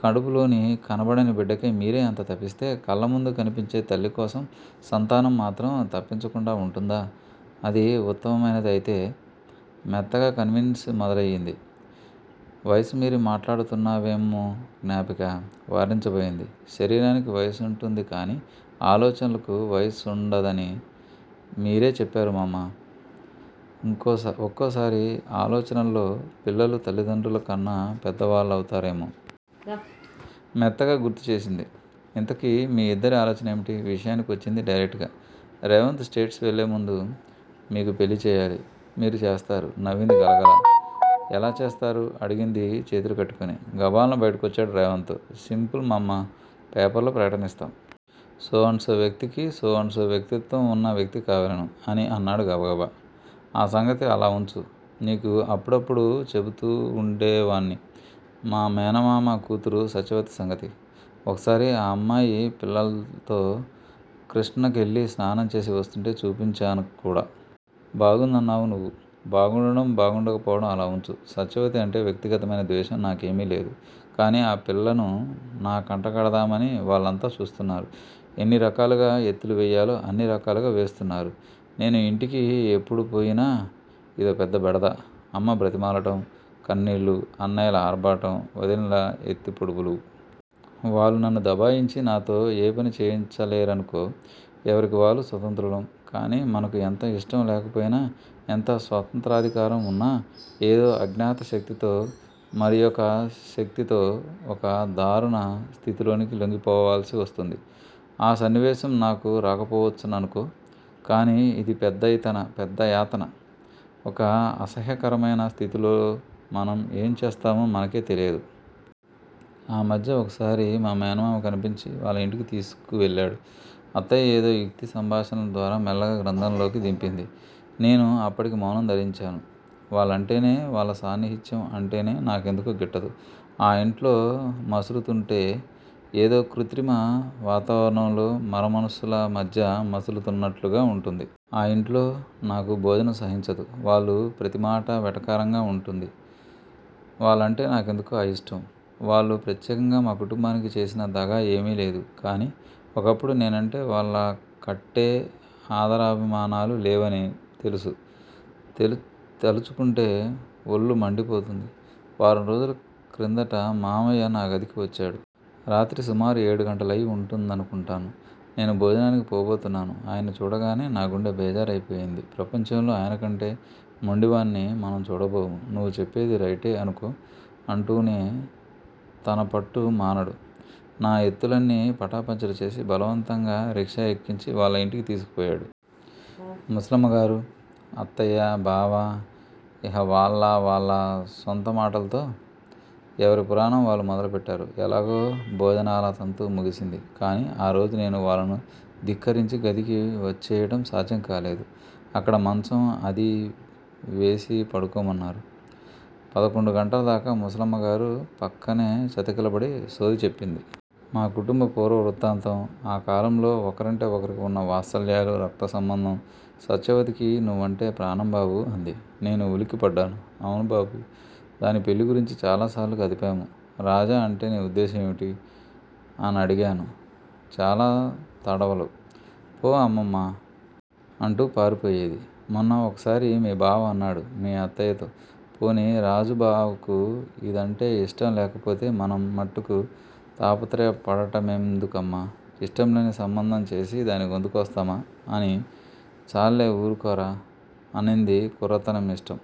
కడుపులోని కనబడని బిడ్డకై మీరే అంత తపిస్తే, కళ్ళముందు కనిపించే తల్లికోసం సంతానం మాత్రం తపించకుండా ఉంటుందా. అది ఉత్తమమైనదైతే! మెత్తగా కన్విన్స్ మొదలయ్యింది. వయసు మీరి మాట్లాడుతున్నావేమో జ్ఞాపికా! వారించబోయింది. శరీరానికి వయసుంటుంది కానీ, ఆలోచనలకు వయసుండందని మీరే చెప్పారు మమ్మా! ఒక్కోసారి ఆలోచనల్లో పిల్లలు తల్లిదండ్రులకన్నా పెద్దవాళ్ళవుతారేమో! మెత్తగా గుర్తుచేసింది. ఇంతకీ మీ ఇద్దరి ఆలోచన ఏవిటీ? విషయానికొచ్చింది డైరెక్ట్ గా. రేవంత్ స్టేట్స్ వెళ్లేముందు మీకు పెళ్ళి చెయ్యాలి! మీరు చేస్తారు? నవ్వింది గలగలా. ఎలా చేస్తారు? అడిగింది చేతులు కట్టుకుని! గభాల్న బయటకొచ్చాడు రేవంత్. సింపుల్ మమ్మా పేపర్ లో ప్రకటన ఇస్తాం! 'సో అండ్ సో వ్యక్తికి- సో అండ్ సో వ్యక్తిత్వం ఉన్న వ్యక్తి కావలెను' అని! అన్నాడు గబగబా. ఆ సంగతి అలావుంచు. నీకు అప్పుడప్పుడూ చెబుతూవుండేవాణ్ణి మా మేనమామ కూతురు సత్యవతి సంగతి. ఒకసారి ఆ అమ్మాయి పిల్లల్తో కృష్ణకెళ్ళి స్నానంచేసి వస్తూంటే చూపించాను కూడా. బాగుందన్నావు నువ్వు. బాగుండటం, బాగుండకపోవటం అలావుంచు. సత్యవతి అంటే వ్యక్తిగతమైన ద్వేషం నాకేమీలేదు. కాని ఆ పిల్లను నాకంటగడదామని వాళ్ళంతా చూస్తున్నారు. ఎన్నిరకాలుగా ఎత్తులు వెయ్యాలో అన్నిరకాలుగా వేస్తున్నారు. నేను ఇంటికి ఎప్పుడుపోయినా ఇదో పెద్ద బెడద. అమ్మ బ్రతిమాలటం, కన్నీళ్ళు, అన్నయ్యల ఆర్భాటం. వదినెల ఎత్తిపొడుపులూ. వాళ్ళు నన్ను దబాయించి నాతో ఏ పనీ చేయించలేరనుకో. ఎవరికి వాళ్ళు స్వతంత్రులం. కాని మనకు ఎంత ఇష్టంలేకపోయినా, ఎంత స్వతంత్రాధికారం వున్నా ఏదో అజ్ఞాతశక్తితో, మరియొకశక్తికో ఒక దారుణ స్థితిలోనికి లొంగిపోవాల్సి వస్తుంది. ఆ సన్నివేశం నాకు రాకపోవచ్చుననుకో. కాని ఇది పెద్దయాతన. ఒక అసహ్యకరమైన స్థితిలో మనం ఏంచేస్తామో మనకే తెలియదు. ఆ మధ్య ఒకసారి మా మేనమామ కనిపించి వాళ్ళ ఇంటికి తీసుకువెళ్ళాడు. అత్తయ్య ఏదో యుక్తిసంభాషణల ద్వారా మెల్లగా గ్రంథంలోకి దింపింది. నేను అప్పటికి మౌనం ధరించాను. వాళ్ళంటేనే, వాళ్ళ సాన్నిహిత్యం అంటేనే నా కెందుకో గిట్టదు. ఆ ఇంట్లో మసులుతూంటే ఏదో కృత్రిమ వాతావరణంలో, మరమనుషుల మధ్య మసులుతున్నట్లుగా వుంటుంది. ఆ ఇంట్లో నాకు భోజనం సహించదు. వాళ్ళు ప్రతిమాటా వెటకారంగా వుంటుంది. వాళ్ళంటే నాకెందుకో అయిష్టం. వాళ్ళు ప్రత్యేకంగా మా కుటుంబానికి చేసిన దగా ఏమీలేదు. కాని ఒకప్పుడు నేనంటే వాళ్ళకాట్టే ఆదరాభిమానాలు లేవని తెలుసు. తలుచుకుంటే ఒళ్ళు మండిపోతుంది. వారంరోజుల క్రిందట మామయ్య నా గదికి వచ్చాడు. రాత్రి సుమారు ఏడుగంటలయి వుంటుందనుకుంటాను. నేను భోజనానికి పోబోతున్నాను. ఆయన్ని చూడగానే నా గుండె బేజారయిపోయింది. ప్రపంచంలో ఆయనకంటే మొండివాణ్ని మనం చూడబోము. నువ్వు చెప్పేది రైటే అనుకో అంటూనే తనపట్టు మానడు. నా ఎత్తులన్నీ పటాపంచలుచేసి, బలవంతంగా రిక్షా ఎక్కించి, వాళ్ళ ఇంటికి తీసుకుపోయాడు. ముసలమ్మగారు. అత్తయ్యా, బావా, ఇహ వాళ్ళ వాళ్ళ సొంతమాటల్తో ఎవరిపురాణం వాళ్ళు మొదలుపెట్టారు. ఎలాగో భోజనాలతంతు ముగిసింది. కాని ఆరోజు నేను వాళ్ళను ధిక్కరించి గదికి వచ్చెయ్యటం సాధ్యంకాలేదు. అక్కడ మంచం అదీ వేసి పడుకోమన్నారు. పదకొండు గంటలదాకా ముసలమ్మగారు పక్కనే చతికిలబడి సోది చెప్పింది. మా కుటుంబ పూర్వవృత్తాంతం, ఆకాలంలో ఒకరంటే ఒకరికి వున్న వాత్సల్యాలు, రక్తసంబంధం. సత్యవతికి నువ్వంటే ప్రాణంబాబూ! అంది. నేను ఉలిక్కిపడ్డాను. అవును బాబూ! దాని పెళ్ళి గురించి చాలాసార్లు కదిపాను. 'రాజా అంటే నీ ఉద్దేశం ఏమిటి? ' అనడిగాను చాలా తడవలు. 'పో అమ్మమ్మా! ' అంటూ పారిపోయేది. మొన్న ఒకసారి మీ బావ అన్నాడు మీ అత్తయ్యతో 'పోనీ రాజుబావకు ఇదంటే ఇష్టంలేకపోతే మనం మట్టుకు తాపత్రయపడటమెందుకమ్మా? ఇష్టంలేని సంబంధంచేసి దానిగొంతుకోస్తామా? ' అని. 'చాల్లే ఊరుకోరా అనింది కుర్రతనం ఇష్టం.